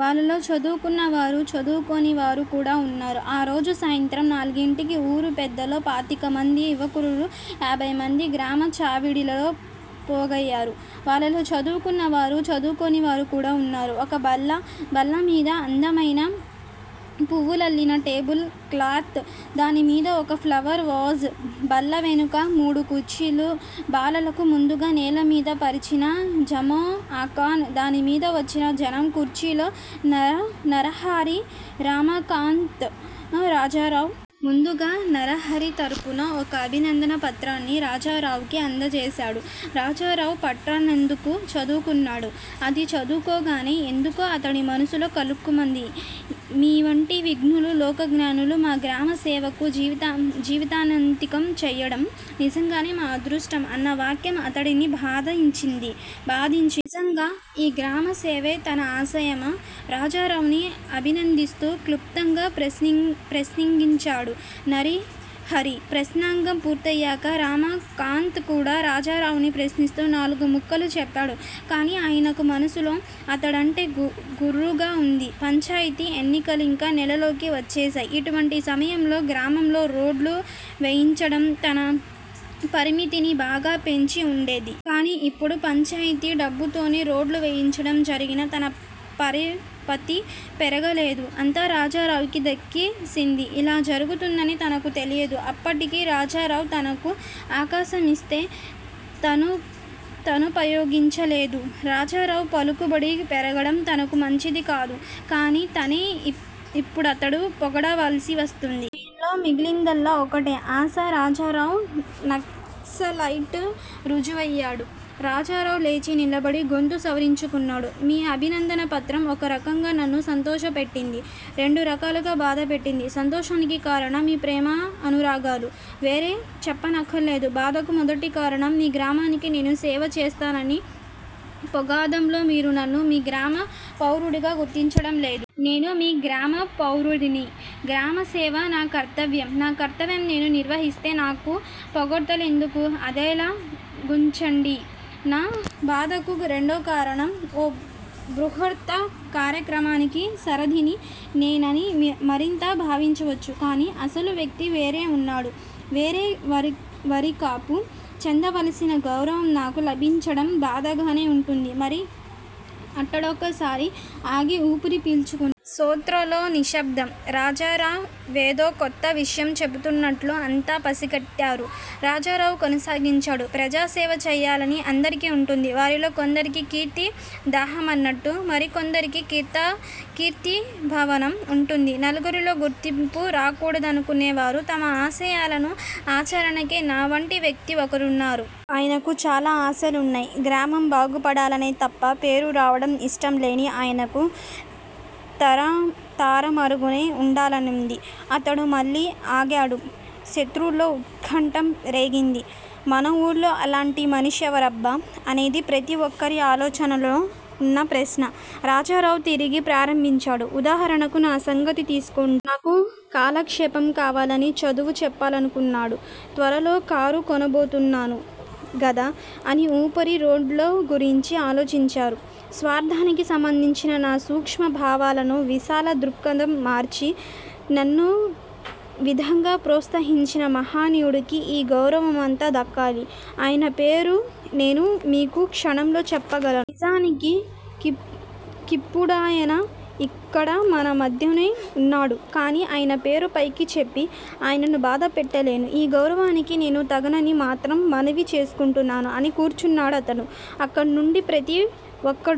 వాళ్ళలో చదువుకున్న వారూ, చదువుకోనివారూ, కూడా ఉన్నారు. ఆ రోజు సాయంత్రం నాలుగింటికి _ ఊరి పెద్దలో పాతికమందీ, యువకుల్లో యాభైమందీ గ్రామా చావడిలో పోగయ్యారు. వాళ్ళలో చదువుకున్న వారూ, చదువుకొనివారూ కూడా ఉన్నారు. ఒక బల్ల, బల్లమీద అందమయిన వూవులల్లిన టేబుల్ క్లాట్, దానిమీద ఒక ప్లవర్ వాజ్, బల్లవెనుక మూడు కుర్చీలు బాలలకు ముందుగా నేలమీద పరచిన జమోఅకానా _ దానిమీద వచ్చిన జనం, కుర్చీల్లో నరహరి, రమాకాంతం, రాజారావు. ముందుగా నరహరి తరుపున ఒక అభినందన పత్రాన్ని రాజారావుకి అందజేశాడు. రాజరావా పట్రాన్నందుకుని చదువుకున్నాడు. అది చదువుకోగానే ఎందుకో అతడి మనసులో కలుక్కుమంది మీ వంటి విజ్ఞులు, లోకజ్ఞులు మా గ్రామసేవకు జీవితాన్నంకితం చేయడం నిజంగా మా అదృష్టం అన్న వాక్యం అతడిని బాధించింది. నిజ్మగా ఈ గ్రామసేవే తన ఆశయమా? రాజారావుని అభినందిస్తూ క్లుప్తంగా ప్రసంగించాడు నరహరి. ప్రసంగం పూర్తయ్యాక రమాకాంతం కూడా రాజరావుని ప్రశ్నిస్తూ నాలుగు ముక్కలు చెప్పాడు. కానీ ఆయనకు మనసులో అతడంటే గుర్రుగా వుంది. పంచాయితీ ఎన్నికలింక నేలల్లోకి వచ్చేశాయి. ఇటువంటి సమయంలో గ్రామంలో రోడ్డ్లు వేయించడం తన పరపతని బాగా పెంచి ఉండేది. కానీ యిప్పుడు పంచాయితీ డబ్బుతోనే రోడ్డ్లు వేయించడం జరిగినా _ తన పరపతి పెరగలేదు. అంతా రాజారావుకి దక్కే సింది. ఇలా జరుగుతుందని తనకు తెలియదు. అప్పటికీ రాజారావు తనకో అవకాశమిస్తే తనుపయోగించుకోలేదు. రాజారావు పలుకుబడి పెరగడం తనకు మంచిదికాదు. కానీ తనే ఇప్పుతడ్ని పొగడాల్సి వస్తోంది. ఆయనలో మిగిలిందల్లా ఒక్కటే ఆశ __ రాజారావు నక్సలైటు రుజువుయినవాడు రాజారావు లేచి నిలబడి గొంతు సవరించుకున్నాడు. మీ అభింధన పత్రం ఒక రకంగా నన్ను సంతోషపెట్టింది. రెండు రకాలుగా బాధపెట్టింది. సంతోషానికి కారణం మీ ప్రేమానురాగాలని వేరే చెప్పనక్కర్లేదు బాధకు మొదటి కారణం __ మీ గ్రామానికి నేను సేవ చేస్తున్నానని పోగాద్దంలో మీరు నన్ను మీ గ్రామ పౌరుడిగా గుర్తించడం లేదు. నేనూ ఈ గ్రామ పౌరుడ్ని. గ్రామ సేవ నా కర్తవ్యం. నా కర్తవ్యం నేను నిర్వహిస్తే నాకీ పొగడ్తలెందుక? అదలా గుంచండి. నా బాధకు రెండోకారణం _ ఈ బృహత్తర కార్యక్రమానికి సారధిని నేనని మీరంతా భావించవచ్చు కానీ, అసలు వ్యక్తి వేరే ఉన్నాడు. వేరేవరికావు చెందవలసిన గౌరవం నాకు లభించడం బాధగానే ఉంటుంది మరి అటడోకసారి ఆగి ఊపిరి పీల్చుకున్నాడు. శ్రోతల్లో నిశ్శబ్దం. రాజరావేదో కొత్త విషయం చెప్పబోతున్నట్లు అంతా పసిగట్టారు. రాజారావు కొనసాగించాడు. __ ప్రజాసేవ చేయాలని అందరికీ ఉంటుంది. వారిలో కొందరికి కీర్తి దాహమున్నట్ట్లే, మరి కొందరికి కీర్తిభవనం ఉంటుంది. నలుగురిలోనూ గుర్తింపు రాకూడదనుకునేవారు __ తమ ఆశయాల ఆచరణకై నావంటి వ్యక్తి ఒకరున్నారు. ఆయనకూ చాలా ఆశయాలున్నాయి. గ్రామం బాగుపడాలనే తప్ప, పేరురావడం ఇష్టంలేని ఆయనకు తెరమరుగునే వుండాలనుంది __ అతడు మళ్ళీ ఆగాడు. శ్రోతల్లో ఉత్కంఠ రేగింది. మనూళ్ళో అలాంటి మనిషివరబ్బా అన్నది ప్రతి ఒక్కరి ఆలోచనల్లోనూ ఉన్న ప్రశ్న. రాజరావు తిరిగి ప్రారంభించాడు _ ఉదాహరణకు నా సంగతి తీసుకొండి. నాకు కాలక్షేపం కావాలని చదువుచెప్పాలనుకున్నాడు. త్వరలో కారు కొనబోతున్నాను గదా అని ఊపిరి రోడ్లగురించి ఆలోచించారు. స్వార్ధానికి సంబంధించిన నా సూక్ష్మభావాల్ని __ విశాల దృక్పథంగా మార్చి __ నన్నీవిధంగా ప్రోత్సహించిన మహనీయుడికే ఈ గౌరవమంతా దక్కాలి. అయన పేరు నేను మీకీ క్షణంలో చెప్పగలను. నిజాని కిప్పుడాయన యిక్కడే, మన మధ్యనే ఉన్నాడు. కానీ అయన పేరు పైకి చెప్పి, ఆయన్ను బాధపెట్టలేను. ఈ గౌరవానికి నేను తగనని మాత్రం మనవి చేసుకుంటున్నాను __ అని కూర్చోన్నాడతను. అక్కడున్న ప్రతి ఒక్కడూ